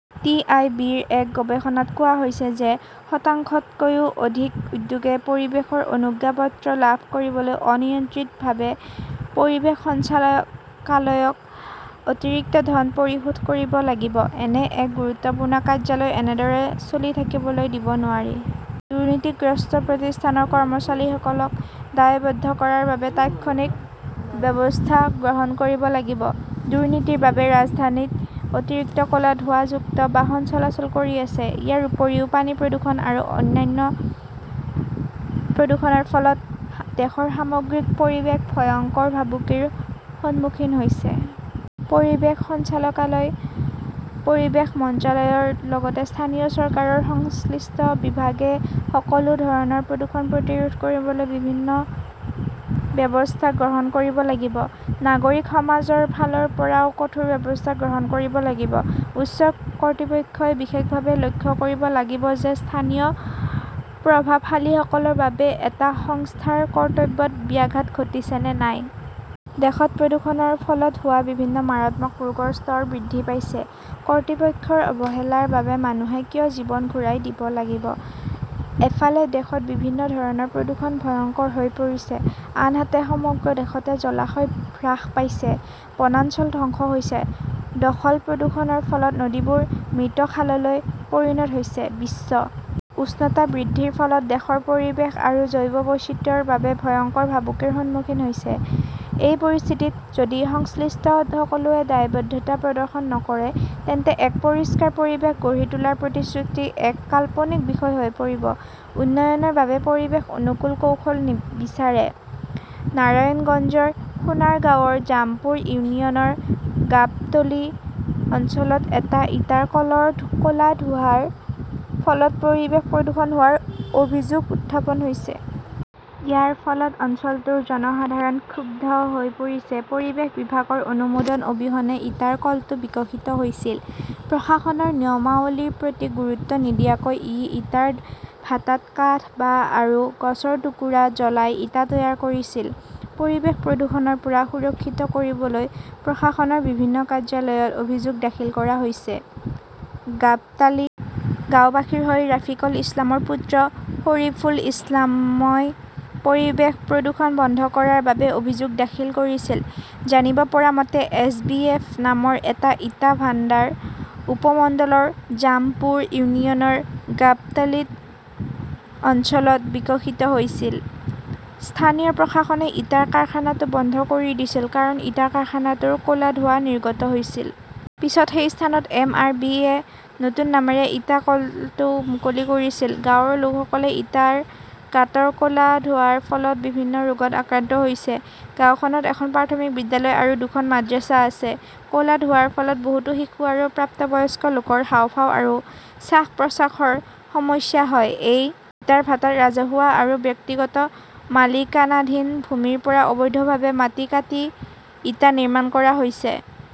T. I. B. -ৰ এক গৱেষণাত কোৱা হৈছে যে শতাংশতকৈও অধিক উদ্যোগে পৰিৱেশৰ অনুজ্ঞাপত্ৰ লাভ কৰিবলৈ অনিয়ন্ত্ৰিতভাৱে পৰিৱেশ সঞ্চালকালয়ক অতিৰিক্ত ধন পৰিশোধ কৰিব লাগিব। এনে এক গুৰুত্বপূৰ্ণ কাৰ্যালয় এনেদৰে চলি থাকিবলৈ দিব নোৱাৰি। দুৰ্নীতিগ্ৰস্ত প্ৰতিষ্ঠানৰ কৰ্মচাৰীসকলক দায়বদ্ধ কৰাৰ বাবে তাৎক্ষণিক ব্যৱস্থা গ্ৰহণ কৰিব লাগিব। দুৰ্নীতিৰ বাবে ৰাজধানীত অতিৰিক্ত ক'লা ধোঁৱাযুক্ত বাহন চলাচল কৰি আছে। ইয়াৰ উপৰিও, পানীৰ প্ৰদূষণ আৰু অন্যান্য প্ৰদূষণৰ ফলত দেশৰ সামগ্ৰিক পৰিৱেশ ভয়ংকৰ ভাবুকিৰ সন্মুখীন হৈছে। পৰিৱেশ সঞ্চালকালয়, পৰিৱেশ মন্ত্ৰালয়ৰ লগতে স্থানীয় চৰকাৰৰ সংশ্লিষ্ট বিভাগে সকলো ধৰণৰ প্ৰদূষণ প্ৰতিৰোধ কৰিবলৈ ব্যৱস্থা গ্ৰহণ কৰিব লাগিব। নাগৰিক সমাজৰ ফালৰ পৰাও কঠোৰ ব্যৱস্থা গ্ৰহণ কৰিব লাগিব। উচ্চ কৰ্তৃপক্ষই বিশেষভাৱে লক্ষ্য কৰিব লাগিব যে স্থানীয় প্ৰভাৱশালীসকলৰ বাবে এটা সংস্থাৰ কৰ্তব্যত ব্যাঘাত ঘটিছে নে নাই। দেশত প্ৰদূষণৰ ফলত হোৱা বিভিন্ন মাৰাত্মক ৰোগৰ স্তৰ বৃদ্ধি পাইছে। কৰ্তৃপক্ষৰ অৱহেলাৰ বাবে মানুহে কিয় জীৱন ঘূৰাই দিব লাগিব? এফালে, দেশত বিভিন্ন ধৰণৰ প্ৰদূষণ ভয়ংকৰ হৈ পৰিছে, আনহাতে সমগ্ৰ দেশতে জলাশয় হ্ৰাস পাইছে, বনাঞ্চল ধ্বংস হৈছে, দখল-প্ৰদূষণৰ ফলত নদীবোৰ মৃত খাললৈ পৰিণত হৈছে। বিশ্ব উষ্ণতা বৃদ্ধিৰ ফলত দেশৰ পৰিৱেশ আৰু জৈৱ বৈচিত্ৰ্যৰ বাবে ভয়ংকৰ ভাবুকিৰ সন্মুখীন হৈছে। এই পৰিস্থিতিত যদি সংশ্লিষ্ট সকলোৱে দায়বদ্ধতা প্ৰদৰ্শন নকৰে, তেন্তে এক পৰিষ্কাৰ পৰিৱেশ গঢ়ি তোলাৰ প্ৰতিশ্ৰুতি এক কাল্পনিক বিষয় হৈ পৰিব। উন্নয়নৰ বাবে পৰিৱেশ অনুকূল কৌশল বিচাৰে নাৰায়ণগঞ্জৰ সোনাৰগাঁওৰ জামপুৰ ইউনিয়নৰ গাবটলি অঞ্চলত এটা ইটাৰ কলৰ ক'লা ধোঁৱাৰ ফলত পৰিৱেশ প্ৰদূষণ হোৱাৰ অভিযোগ উত্থাপন হৈছে। ইয়াৰ ফলত অঞ্চলটোৰ জনসাধাৰণ ক্ষুব্ধ হৈ পৰিছে। পৰিৱেশ বিভাগৰ অনুমোদন অবিহনে ইটাৰ কলটো বিকশিত হৈছিল। প্ৰশাসনৰ নিয়মাৱলীৰ প্ৰতি গুৰুত্ব নিদিয়াকৈ ই ইটাৰ ভাটাত কাঠ, বাঁহ আৰু গছৰ টুকুৰা জ্বলাই ইটা তৈয়াৰ কৰিছিল। পৰিৱেশ প্ৰদূষণৰ পৰা সুৰক্ষিত কৰিবলৈ প্ৰশাসনৰ বিভিন্ন কাৰ্যালয়ত অভিযোগ দাখিল কৰা হৈছে। গাবটালী গাওঁবাসীৰ হৈ ৰাফিকল ইছলামৰ পুত্ৰ শৰিফুল ইছলামই পৰিৱেশ প্ৰদূষণ বন্ধ কৰাৰ বাবে অভিযোগ দাখিল কৰিছিল। জানিব পৰা মতে, এছ. বি. এফ. নামৰ এটা ইটা ভাণ্ডাৰ উপমণ্ডলৰ জামপুৰ ইউনিয়নৰ গাবটলি অঞ্চলত বিকশিত হৈছিল। স্থানীয় প্ৰশাসনে ইটাৰ কাৰখানাটো বন্ধ কৰি দিছিল কাৰণ ইটাৰ কাৰখানাটোৰ ক'লা ধোঁৱা নিৰ্গত হৈছিল। পিছত সেই স্থানত এম. আৰ. বি. -য়ে নতুন নামেৰে ইটাৰ কলটো মুকলি কৰিছিল। গাঁৱৰ লোকসকলে ইটাৰ গাঁতৰ ক'লা ধোঁৱাৰ ফলত বিভিন্ন ৰোগত আক্ৰান্ত হৈছে। গাওঁখনত এখন প্ৰাথমিক বিদ্যালয় আৰু দুখন মাদ্ৰাজা আছে। ক'লা ধোঁৱাৰ ফলত বহুতো শিশু আৰু প্ৰাপ্তবয়স্ক লোকৰ হাঁওফাঁও আৰু শ্বাস-প্ৰশ্বাসৰ সমস্যা হয়। এই ইটাৰ ভাটাত ৰাজহুৱা আৰু ব্যক্তিগত মালিকানাধীন ভূমিৰ পৰা অবৈধভাৱে মাটি কাটি ইটা নিৰ্মাণ কৰা হৈছে।